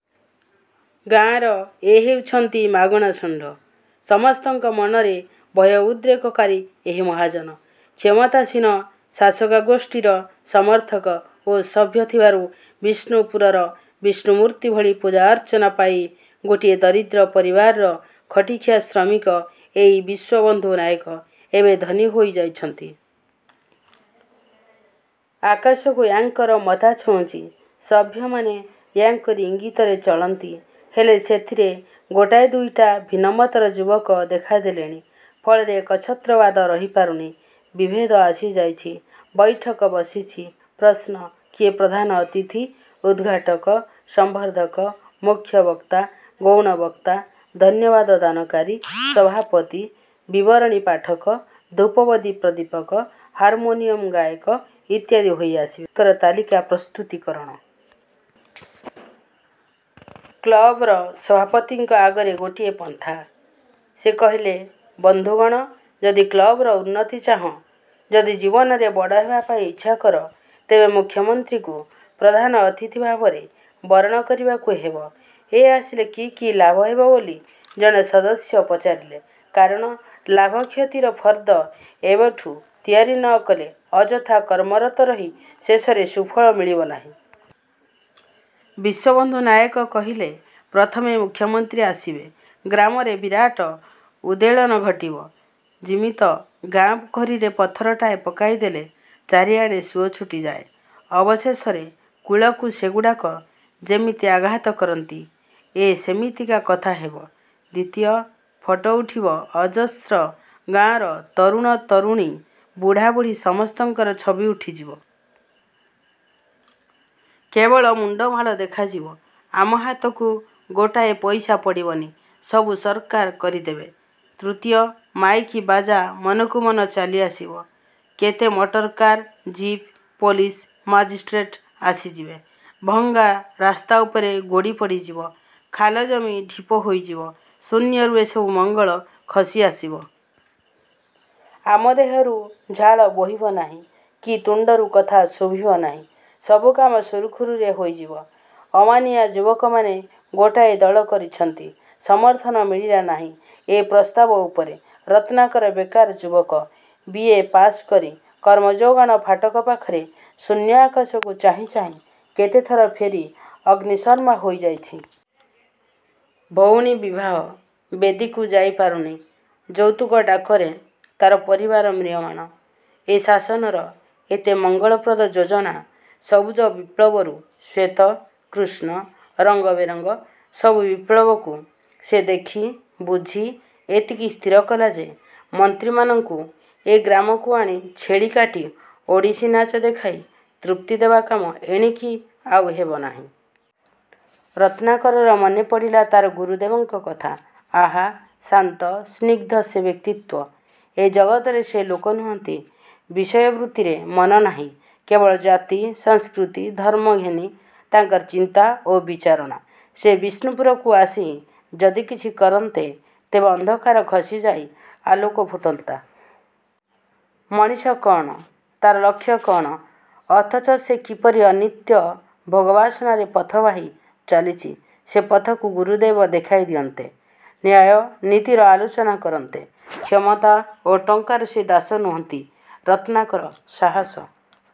ଗାଁର ଏ ହେଉଛନ୍ତି ମାରଣା ଷଣ୍ଢ। ସମସ୍ତଙ୍କ ମନରେ ଭୟ ଉଦ୍ରେକକାରୀ ଏହି ମହାଜନ, କ୍ଷମତାସୀନ ଶାସକାଗୋଷ୍ଠୀର ସମର୍ଥକ ଓ ସଭ୍ୟ ଥିବାରୁ ବିଷ୍ଣୁପୁରର ବିଷ୍ଣୁ ମୂର୍ତ୍ତି ଭଳି ପୂଜା ଅର୍ଚ୍ଚନା ପାଇ ଗୋଟିଏ ଦରିଦ୍ର ପରିବାରର ଖଟିଖିଆ ଶ୍ରମିକ ଏଇ ବିଶ୍ଵବନ୍ଧୁ ନାୟକ ଏବେ ଧନୀ ହୋଇଯାଇଛନ୍ତି। ଆକାଶକୁ ୟାଙ୍କର ମଥା ଛୁଉଁଛି। ସଭ୍ୟମାନେ ୟାଙ୍କରି ଇଙ୍ଗିତରେ ଚଳନ୍ତି, ହେଲେ ସେଥିରେ ଗୋଟାଏ ଦୁଇଟା ଭିନ୍ନମତର ଯୁବକ ଦେଖାଦେଲେଣି; ଫଳରେ ଏକଛତ୍ରବାଦ ରହିପାରୁନି। ବିଭେଦ ଆସିଯାଇଛି। ବୈଠକ ବସିଛି। ପ୍ରଶ୍ନ.. କିଏ ପ୍ରଧାନ ଅତିଥି, ଉଦ୍ଘାଟକ, ସମ୍ବର୍ଦ୍ଧକ, ମୁଖ୍ୟବକ୍ତା, ଗୌଣବକ୍ତା, ଧନ୍ୟବାଦ ଦାନକାରି, ସଭାପତି, ବିବରଣୀ ପାଠକ, ଧୂପବତୀ ପ୍ରଦୀପକ, ହାରମୋନିୟମ ଗାୟକ ଇତ୍ୟାଦି ହୋଇ ଆସିବେ-ତାଙ୍କର ତାଲିକା ପ୍ରସ୍ତୁତିକରଣ। କ୍ଳବର ସଭାପତିଙ୍କ ଆଗରେ ଗୋଟିଏ ପନ୍ଥା। ସେ କହିଲେ, ବନ୍ଧୁଗଣ, ଯଦି କ୍ଲବର ଉନ୍ନତି ଚାହଁ, ଯଦି ଜୀବନରେ ବଡ଼ ହେବାପାଇଁ ଇଛାକର, ତେବେ ମୁଖ୍ୟମନ୍ତ୍ରୀଙ୍କୁ ପ୍ରଧାନ ଅତିଥି ଭାବରେ ବରଣ କରିବାକୁ ହେବ। ଏ ଆସିଲେ କୀ କୀ ଲାଭ ହେବ ବୋଲି ଜଣେ ସଦସ୍ୟ ପଚାରିଲେ କାରଣ ଲାଭ କ୍ଷତିର ଫର୍ଦ୍ଦ ଏବେଠୁ ତିଆରି ନ କଲେ, ଅଯଥା କର୍ମରତ ରହି ଶେଷରେ ସୁଫଳ ମିଳିବନାହିଁ। ବିଶ୍ଵବନ୍ଧୁ ନାୟକ କହିଲେ-ପ୍ରଥମେ-ମୁଖ୍ୟମନ୍ତ୍ରୀ ଆସିବେ, ଗ୍ରାମରେ ବିରାଟ ଉଦ୍ବେଳନ ଘଟିବ, ଯିମିତ ଗାଁ ପୋଖରୀରେ ପଥରଟାଏ ପକାଇଦେଲେ ଚାରିଆଡ଼େ ସୁଅ ଛୁଟିଯାଏ; ଅବଶେଷରେ କୂଳକୁ ସେଗୁଡ଼ାକ ଯେମିତି ଆଘାତ କରନ୍ତି, ଏ ସେମିତିକା କଥା ହେବ। ଦ୍ଵିତୀୟ, ଫଟୋ ଉଠିବ ଅଜସ୍ର-ଗାଁର ତରୁଣ ତରୁଣୀ, ବୁଢ଼ା ବୁଢ଼ୀ ସମସ୍ତଙ୍କର ଛବି ଉଠିଯିବ। କେବଳ ମୁଣ୍ଡମାଳ ଦେଖାଯିବ। ଆମ ହାତକୁ, ଗୋଟାଏ ପଇସା ପଡ଼ିବନି-ସବୁ ସରକାର କରିଦେବେ। ତୃତୀୟ, ମାଇକ୍ ବାଜା ମନକୁ ମନ ଚାଲିଆସିବ। କେତେ ମଟରକାର, ଜିପ୍, ପୋଲିସ୍, ମାଜିଷ୍ଟ୍ରେଟ୍ ଆସିଯିବେ। ଭଙ୍ଗା ରାସ୍ତାଉପରେ ଗୋଡ଼ି ପଡ଼ିଯିବ। ଖାଲ ଜମି ଢିପ ହୋଇଯିବ। ଶୂନ୍ୟରୁ ଏସବୁ ମଙ୍ଗଳ ଖସି ଆସିବ। ଆମ ଦେହରୁ ଝାଳ ବୋହିବନାହିଁ କି ତୁଣ୍ଡରୁ କଥା ଶୁଭିବ ନାହିଁ। ସବୁ କାମ ସୁରୁଖୁରୁରେ ହୋଇଯିବ। ଅମାନିଆ ଯୁବକମାନେ ଗୋଟାଏ ଦଳ କରିଛନ୍ତି। ସମର୍ଥନ ମିଳିଲାନାହିଁ ଏ ପ୍ରସ୍ତାବ ଉପରେ ରତ୍ନାକର ବେକାର ଯୁବକ; ବି. ଏ. ପାଶ୍ କରି କର୍ମଯୋଗାଣ ଫାଟକ ପାଖରେ ଶୂନ୍ୟ ଆକାଶକୁ ଚାହିଁ ଚାହିଁ କେତେଥର ଫେରି ଅଗ୍ନିଶର୍ମା ହୋଇଯାଇଛି। ଭଉଣୀ ବିବାହ-ବେଦୀକୁ ଯାଇ ପାରୁନି, ଯୌତୁକ ଡାକରେ ତାର ପରିବାର ମ୍ରିୟମାଣ। ଏ ଶାସନର ଏତେ ମଙ୍ଗଳପ୍ରଦ ଯୋଜନା ସବୁଜ ବିପ୍ଳବରୁ ଶ୍ଵେତ, କୃଷ୍ଣ, ରଙ୍ଗବେରଙ୍ଗ ସବୁ ବିପ୍ଳବକୁ ସେ ଦେଖି, ବୁଝି, ଏତିକି ସ୍ଥିରକଲା ଯେ ମନ୍ତ୍ରୀମାନଙ୍କୁ ଏ ଗ୍ରାମକୁ ଆଣି ଛେଳି କାଟି, ଓଡ଼ିଶୀ ନାଚ ଦେଖାଇ ତୃପ୍ତି ଦେବା କାମ ଏଣିକି ଆଉ ହେବନାହିଁ। ରତ୍ନାକରର ମନେପଡ଼ିଲା ତାର ଗୁରୁଦେବଙ୍କ କଥା। ଆହା, ଶାନ୍ତ ସ୍ନିଗ୍ଧ ସେ ବ୍ୟକ୍ତିତ୍ଵ-! ଏ ଜଗତରେ ସେ ଲୋକ ନୁହନ୍ତି। ବିଷୟବୃତ୍ତିରେ ମନ ନାହିଁ। କେବଳ ଜାତି, ସଂସ୍କୃତି, ଧର୍ମ ଘେନି ତାଙ୍କର ଚିନ୍ତା ଓ ବିଚାରଣା। ସେ ବିଷ୍ଣୁପୁରକୁ ଆସି ଯଦି କିଛି କରନ୍ତେ, ତେବେ ଅନ୍ଧକାର ଖସିଯାଇ ଆଲୋକ ଫୁଟନ୍ତା। ମଣିଷ କଣ, ତାର ଲକ୍ଷ୍ୟ କଣ, ଅଥଚ ସେ କିପରି ଅନିତ୍ୟ ଭୋଗ-ବାସନାରେ ପଥ ବାହି ଚାଲିଛି-ସେ ପଥକୁ ଗୁରୁଦେବ ଦେଖାଇ ଦିଅନ୍ତେ; ନ୍ୟାୟ ନୀତିର ଆଲୋଚନା କରନ୍ତେ। କ୍ଷମତା ଓ ଟଙ୍କାର ସେ ଦାସ ନୁହନ୍ତି। ରତ୍ନାକର ସାହସ